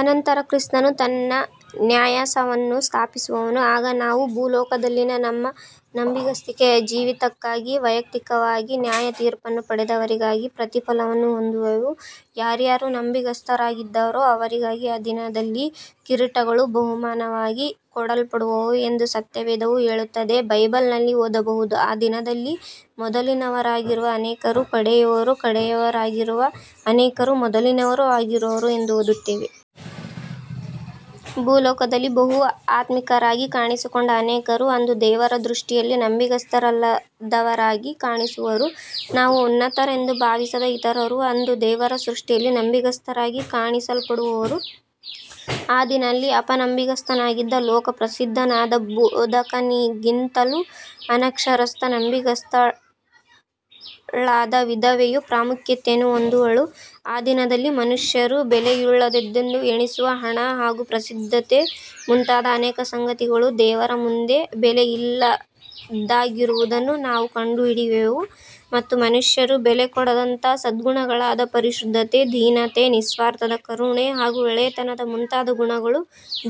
ಅನಂತರ ಕ್ರಿಸ್ತನು ತನ್ನ ನ್ಯಾಯಾಸನವನ್ನು ಸ್ಥಾಪಿಸುವನು. ಆಗ ನಾವು ಭೂಲೋಕದಲ್ಲಿನ ನಮ್ಮ ನಂಬಿಗಸ್ತಿಕೆಯ ಜೀವಿತಕ್ಕಾಗಿ ವಯಕ್ತಿಕವಾಗಿ ನ್ಯಾಯತೀರ್ಪನ್ನು ಪಡೆದವರಾಗಿ ಪ್ರತಿಫಲವನ್ನು ಹೊಂದುವೆವು. ಯಾರ್ಯಾರು ನಂಬಿಗಸ್ತರಾಗಿದ್ದಾರೋ ಅವರಿಗಾಗಿ ಆ ದಿನದಲ್ಲಿ ಕಿರೀಟಗಳು ಬಹುಮಾನವಾಗಿ ಕೊಡಲ್ಪಡುವವು ಎಂದು ಸತ್ಯವೇದವು ಹೇಳುತ್ತದೆ. ಬೈಬಲ್ ನಲ್ಲಿ ಓದಬಹುದು. "ಆ ದಿನದಲ್ಲಿ ಮೊದಲಿನವರಾಗಿರುವ ಅನೇಕರು ಕಡೆಯವರೂ, ಕಡೆಯವರಾಗಿರುವ ಅನೇಕರು ಮೊದಲಿನವರೂ ಆಗಿರುವರು ಎಂದು ಓದುತ್ತೇವೆ.. ಭೂಲೋಕದಲ್ಲಿ ಬಹು ಆತ್ಮಿಕರಾಗಿ ಕಾಣಿಸಿಕೊಂಡ ಅನೇಕರು ಅಂದು ದೇವರ ದೃಷ್ಟಿಯಲ್ಲಿ ನಂಬಿಗಸ್ತರಲ್ಲದವರಾಗಿ ಕಾಣಿಸುವರು. ನಾವು ಉನ್ನತರೆಂದು ಭಾವಿಸದ ಇತರರು ಅಂದು ದೇವರ ದೃಷ್ಟಿಯಲ್ಲಿ ನಂಬಿಗಸ್ತರಾಗಿ ಕಾಣಿಸಲ್ಪಡುವರು. ಆ ದಿನದಲ್ಲಿ ಅಪನಂಬಿಗಸ್ತನಾಗಿದ್ದ, ಲೋಕ ಪ್ರಸಿದ್ಧನಾದ ಬೋಧಕನಿಗಿಂತಲೂ, ಅನಕ್ಷರಸ್ಥ- ನಂಬಿಗಸ್ತಳಾದ ವಿಧವೆಯು ಪ್ರಾಮುಖ್ಯತೆಯನ್ನು ಹೊಂದುವಳು! ಆ ದಿನದಲ್ಲಿ ಮನುಷ್ಯರು ಬೆಲೆಯುಳ್ಳದ್ದೆಂದು ಎಣಿಸುವ ಹಣ ಹಾಗೂ ಪ್ರಸಿದ್ಧತೆ ಮುಂತಾದ ಅನೇಕ ಸಂಗತಿಗಳು ದೇವರ ಮುಂದೆ ಬೆಲೆಯಿಲ್ಲದ್ದಾಗಿರುವುದನ್ನು ನಾವು ಕಂಡು ಹಿಡಿಯುವೆವು; ಮತ್ತು ಮನುಷ್ಯರು ಬೆಲೆ ಕೊಡದಂಥ ಸದ್ಗುಣಗಳಾದ -ಪರಿಶುದ್ಧತೆ, ದೀನತೆ, ನಿಸ್ವಾರ್ಥತೆ, ಕರುಣೆ ಹಾಗು ಒಳ್ಳೆಯತನ ಮುಂತಾದ ಗುಣಗಳು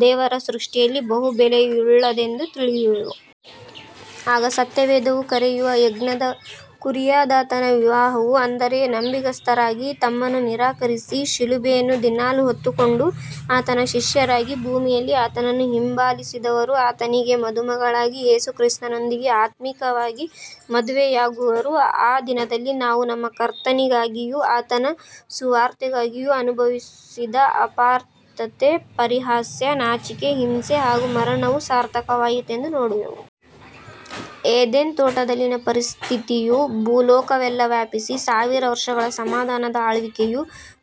ದೇವರ ದೃಷ್ಟಿಯಲ್ಲಿ ಬಹು ಬೆಲೆಯುಳ್ಳದ್ದೆಂದು ತಿಳಿಯುವೆವು. ಆಗ ಸತ್ಯವೇದವು ಕರೆಯುವ 'ಯಜ್ಞದ ಕುರಿಯಾದಾತನ ವಿವಾಹವು' ಅಂದರೆ, ನಂಬಿಗಸ್ತರಾಗಿ ತಮ್ಮನ್ನು ನಿರಾಕರಿಸಿ ಶಿಲುಬೆಯನ್ನು ದಿನಾಲು ಹೊತ್ತುಕೊಂಡು ಆತನ ಶಿಷ್ಯರಾಗಿ ಭೂಮಿಯಲ್ಲಿ ಆತನನ್ನು ಹಿಂಬಾಲಿಸಿದವರು ಆತನಿಗೆ ಮದುಮಗಳಾಗಿ ಯೇಸು ಕ್ರಿಸ್ತನೊಂದಿಗೆ ಆತ್ಮಿಕವಾಗಿ ಮದುವೆಯಾಗುವರು. ಆ ದಿನದಲ್ಲಿ ನಾವು, 'ನಮ್ಮ ಕರ್ತನಿಗಾಗಿಯೂ ಆತನ ಸುವಾರ್ತೆಗಾಗಿಯೂ ಅನುಭವಿಸಿದ ಅಪಾರ್ಥತೆ, ಪರಿಹಾಸ್ಯ, ನಾಚಿಕೆ, ಹಿಂಸೆ, ಹಾಗೂ ಮರಣವು ಸಾರ್ಥಕವಾಯಿತು' ಎಂದು ನೋಡುವೆವು. ಏದೇನ್ ತೋಟದಲ್ಲಿನ ಪರಿಸ್ಥಿತಿಯು ಭೊಲೋಕವೆಲ್ಲಾ ವ್ಯಾಪಿಸಿ ಸಾವಿರ ವರ್ಷಗಳ ಸಮಾಧಾನದ ಆಳ್ವಿಕೆಯು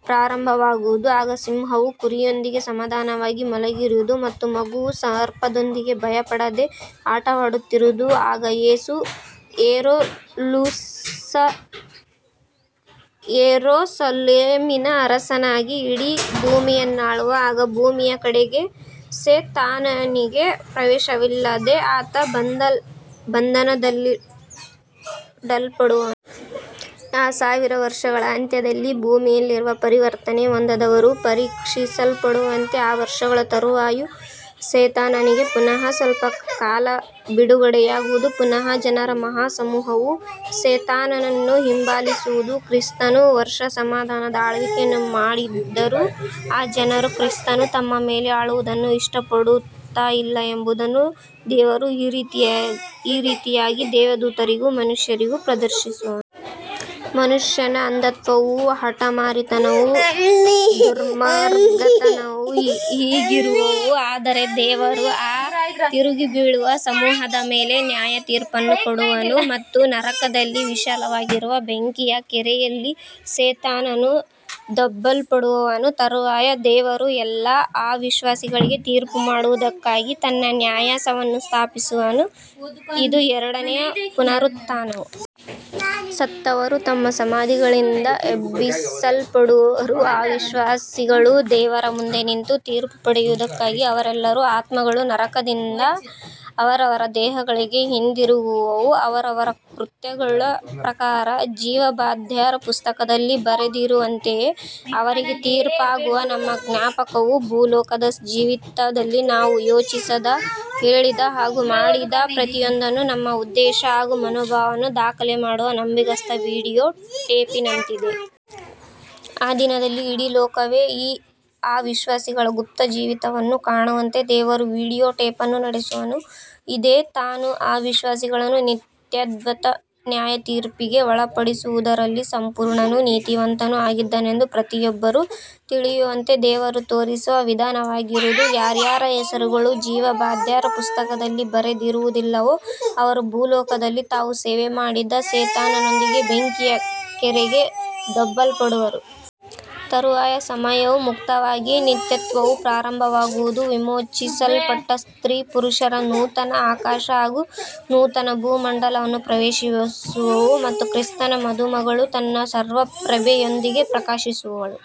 ಪ್ರಾರಂಭವಾಗುವುದು. ಆಗ ಸಿಂಹವು ಕುರಿಯೊಂದಿಗೆ ಸಮಾಧಾನವಾಗಿ ಮಲಗಿರುವುದು ಮತ್ತು ಮಗುವು, ಸರ್ಪದೊಂದಿಗೆ ಭಯಪಡದೆ ಆಟವಾಡುತ್ತಿರುವುದು. ಆಗ ಯೇಸು ಯೆರೂಸಲೇಮಿನ ಅರಸನಾಗಿ ಇಡೀ ಭೂಮಿಯನ್ನಾಳುವನು. ಆಗ ಭೂಮಿಯ ಕಡೆಗೆ ಸೆ ತಾನನಿಗೆ ಪ್ರವೇಶವಿಲ್ಲದೆ ಆತನು ಬಂಧನದಲ್ಲಿಡಲ್ಪಡುವನು. ಆ ಸಾವಿರ ವರ್ಷಗಳ ಅಂತ್ಯದಲ್ಲಿ, ಭೂಮಿಯಲ್ಲಿರುವ ಪರಿವರ್ತನೆ ಹೊಂದದವರು ಪರೀಕ್ಷಿಸಲ್ಪಡುವಂತೆ ಆ ವರ್ಷಗಳ ತರುವಾಯ ಸೆತಾನನಿಗೆ ಪುನಃ ಸ್ವಲ್ಪ ಕಾಲ ಬಿಡುಗಡೆಯಾಗುವುದು. ಪುನಃ ಜನರ ಮಹಾ ಸಮೂಹವು ಸೆ ತಾನನನ್ನು ಹಿಂಬಾಲಿಸುವದು. ಕ್ರಿಸ್ತನು ವರ್ಷ ಸಮಾಧಾನದ ಆಳ್ವಿಕೆಯನ್ನು ಮಾಡಿದ್ದರೂ, ಆ ಜನರು ಕ್ರಿಸ್ತನು ತಮ್ಮ ಮೇಲೆ ಆಳುವುದನ್ನು ಇಷ್ಟಪಡುತ್ತಾಯಿಲ್ಲ ಎಂಬುದನ್ನು ದೇವರು ಈ ರೀತಿಯಾಗಿ ದೇವದೂತರಿಗೂ ಮನುಷ್ಯರಿಗೂ ಪ್ರದರ್ಶಿಸುವನು. ಮನುಷ್ಯನ ಅಂಧತ್ವವೂ, ಹಟಮಾರಿತನವೂ ದುರ್ಮಾರ್ಗತನವೂ ಹೀಗಿರುವುವು. ಆದರೆ ದೇವರು ಆ ತಿರುಗಿಬೀಳುವ ಸಮೂಹದ ಮೇಲೆ ನ್ಯಾಯತೀರ್ಪನ್ನು ಕೊಡುವನು. ಮತ್ತು ನರಕದಲ್ಲಿ ವಿಶಾಲವಾಗಿರುವ ಬೆಂಕಿಯ ಕೆರೆಯಲ್ಲಿ ಸೆ ತಾನನು ದೊಬ್ಬಲ್ಪಡುವನು. ತರುವಾಯ ದೇವರು ಎಲ್ಲಾ ಅವಿಶ್ವಾಸಿಗಳಿಗೆ ತೀರ್ಪು ಮಾಡುವುದಕ್ಕಾಗಿ ತನ್ನ ನ್ಯಾಯಾಸನವನ್ನು ಸ್ಥಾಪಿಸುವನು. ಇದು ಎರಡನೆಯ ಪುನರುತ್ಥಾನವು. ಸತ್ತವರು ತಮ್ಮ ಸಮಾಧಿಗಳಿಂದ ಎಬ್ಬಿಸಲ್ಪಡುವರು. ಅವಿಶ್ವಾಸಿಗಳು ದೇವರ ಮುಂದೆ ನಿಂತು ತೀರ್ಪು ಪಡೆಯುವುದಕ್ಕಾಗಿ, ಅವರೆಲ್ಲರ ಆತ್ಮಗಳು ನರಕದಿಂದ ಅವರವರ ದೇಹಗಳಿಗೆ ಹಿಂದಿರುಗುವುವು. ಅವರವರ ಕೃತ್ಯಗಳ ಪ್ರಕಾರ ಜೀವಬಾಧ್ಯರ ಪುಸ್ತಕದಲ್ಲಿ ಬರೆದಿರುವಂತೆಯೇ ಅವರಿಗೆ ತೀರ್ಪಾಗುವುದು. 'ನಮ್ಮ ಜ್ಞಾಪಕವು'- ಭೂಲೋಕದ ಜೀವಿತದಲ್ಲಿ ನಾವು ಯೋಚಿಸಿದ, ಹೇಳಿದ ಹಾಗು ಮಾಡಿದ ಪ್ರತಿಯೊಂದನ್ನೂ, ನಮ್ಮ ಉದ್ದೇಶ ಹಾಗು ಮನೋಭಾವವನ್ನೂ ದಾಖಲೆ ಮಾಡುವ ನಂಬಿಗಸ್ತ ವಿಡಿಯೋ ಟೇಪಿನಂತಿದೆ. ಆ ದಿನದಲ್ಲಿ ಇಡೀ ಲೋಕವೇ ಈ ಅವಿಶ್ವಾಸಿಗಳ ಗುಪ್ತ ಜೀವಿತವನ್ನು ಕಾಣುವಂತೆ ದೇವರು ವಿಡಿಯೋ ಟೇಪನ್ನು ನಡೆಸುವನು. ಇದೇ ತಾನು ಅವಿಶ್ವಾಸಿಗಳನ್ನು ನಿತ್ಯತ್ವದ ನ್ಯಾಯತೀರ್ಪಿಗೆ ಒಳಪಡಿಸುವುದರಲ್ಲಿ ಸಂಪೂರ್ಣನೂ, ನೀತಿವಂತನೂ ಆಗಿದ್ದಾನೆಂದು ಪ್ರತಿಯೊಬ್ಬರೂ ತಿಳಿಯುವಂತೆ ದೇವರು ತೋರಿಸುವ ವಿಧಾನವಾಗಿರುವುದು. ಯಾರ್ಯಾರ ಹೆಸರುಗಳು ಜೀವಬಾದ್ಯರ ಪುಸ್ತಕದಲ್ಲಿ ಬರೆದಿರುವುದಿಲ್ಲವೋ ಅವರು, ಭೂಲೋಕದಲ್ಲಿ ತಾವು ಸೇವೆ ಮಾಡಿದ ಸೆ ತಾನನೊಂದಿಗೆ ಬೆಂಕಿಯ ಕೆರೆಗೆ ದೊಬ್ಬಲ್ಪಡುವರು. ತರುವಾಯ ಸಮಯವು ಮುಕ್ತಾಯವಾಗಿ, ನಿತ್ಯತ್ವವು ಪ್ರಾರಂಭವಾಗುವುದು. ವಿಮೋಚಿಸಲ್ಪಟ್ಟ ಸ್ತ್ರೀ -ಪುರುಷರು ನೂತನ ಆಕಾಶ ಹಾಗು ನೂತನ ಭೂಮಂಡಲವನ್ನು ಪ್ರವೇಶಿಸುವರು ಮತ್ತು ಕ್ರಿಸ್ತನ ಮದುಮಗಳು ತನ್ನ ಸರ್ವ ಪ್ರಭೆಯೊಂದಿಗೆ ಪ್ರಕಾಶಿಸುವಳು.